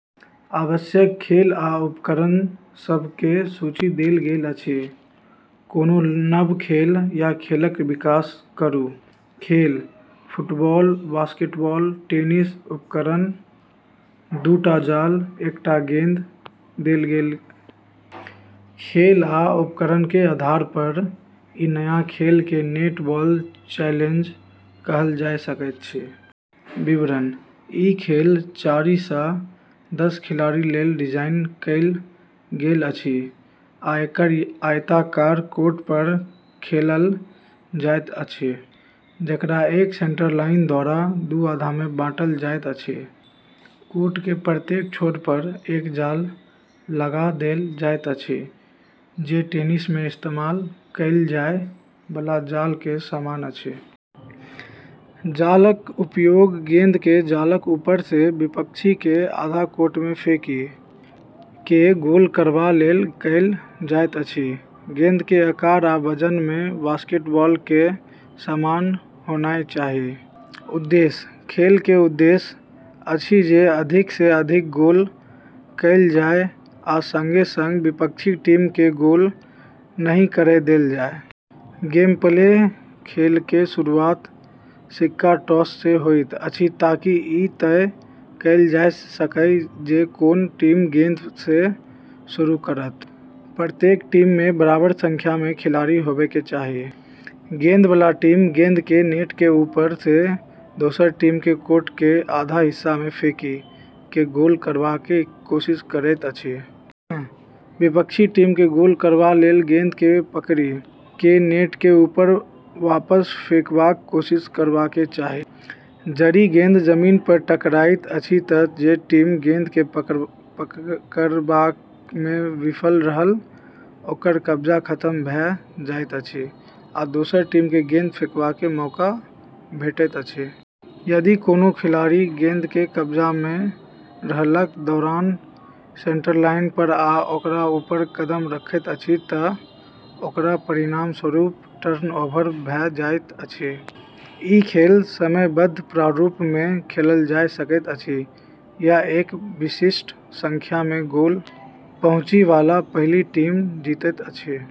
आवश्यक खेल आ उपकरण सभक सूची देल गेल अछि, कोनो नव खेल या खेलक विकास करू। खेल: फुटबॉल, बास्केटबॉल, टेनिस उपकरण: दू टा जाल, एकटा गेंद देल गेल खेल आ उपकरणक आधार पर ई नया खेल केँ "नेट बॉल चैलेंज" कहल जा सकैत अछि। विवरण: ई खेल चारि सँ दस खिलाड़ी लेल डिजाइन कएल गेल अछि आ एक आयताकार कोर्ट पर खेलल जाइत अछि, जेकरा एक सेंटरलाइन द्वारा दू आधा मे बाँटल जाइत अछि। कोर्टक प्रत्येक छोर पर एक जाल लगा देल जाइत अछि, जे टेनिस मे इस्तेमाल कएल जाए बला जाल केँ समान अछि। जालक उपयोग गेंद केँ जालक ऊपर सँ विपक्षीक आधा कोर्ट मे फेंकि कऽ गोल करबा लेल कएल जाइत अछि। गेंदक आकार आ वजन मे बास्केटबॉलक समान होनाइ चाही। उद्देश्य: खेलक उद्देश्य अछि जे अधिक सँ अधिक गोल कएल जाए आ संगे-संग विपक्षी टीम केँ गोल नहि करै देल जाए। गेमप्ले: खेलक शुरुआत सिक्का टॉस सँ होइत अछि ताकि ई तय कएल जा सकए जे कोन टीम गेंद सँ शुरू करत। प्रत्येक टीम मे बराबर संख्या मे खिलाड़ी हेबाक चाही। गेंद बला टीम गेंद केँ नेटक ऊपर सँ दोसर टीमक कोर्टक आधा हिस्सा मे फेंकि कऽ गोल करबाक कोशिश करैत अछि। विपक्षी टीम केँ गोल करबा लेल गेंद केँ पकड़ि कऽ नेटक ऊपर वापस फेंकबाक कोशिश करबाक चाही। जरि गेंद जमीन पर टकराइत अछि तँ जे टीम गेंद केँ पकड़बा मे विफल रहल ओकर कब्जा खतम भऽ जाइत अछि, आ दोसर टीम केँ गेंद फेंकबाक मौका भेटैत अछि। यदि कोनो खिलाड़ी गेंदक कब्जा मे रहलाक दौरान सेंटरलाइन पर या ओकरा ऊपर कदम रखैत अछि तँ एकर परिणामस्वरूप टर्नओवर भऽ जाइत अछि। ई खेल समयबद्ध प्रारूप मे खेलल जा सकैत अछि या एक विशिष्ट संख्या मे गोल पहुँचे बला पहिल टीम जीतैत अछि।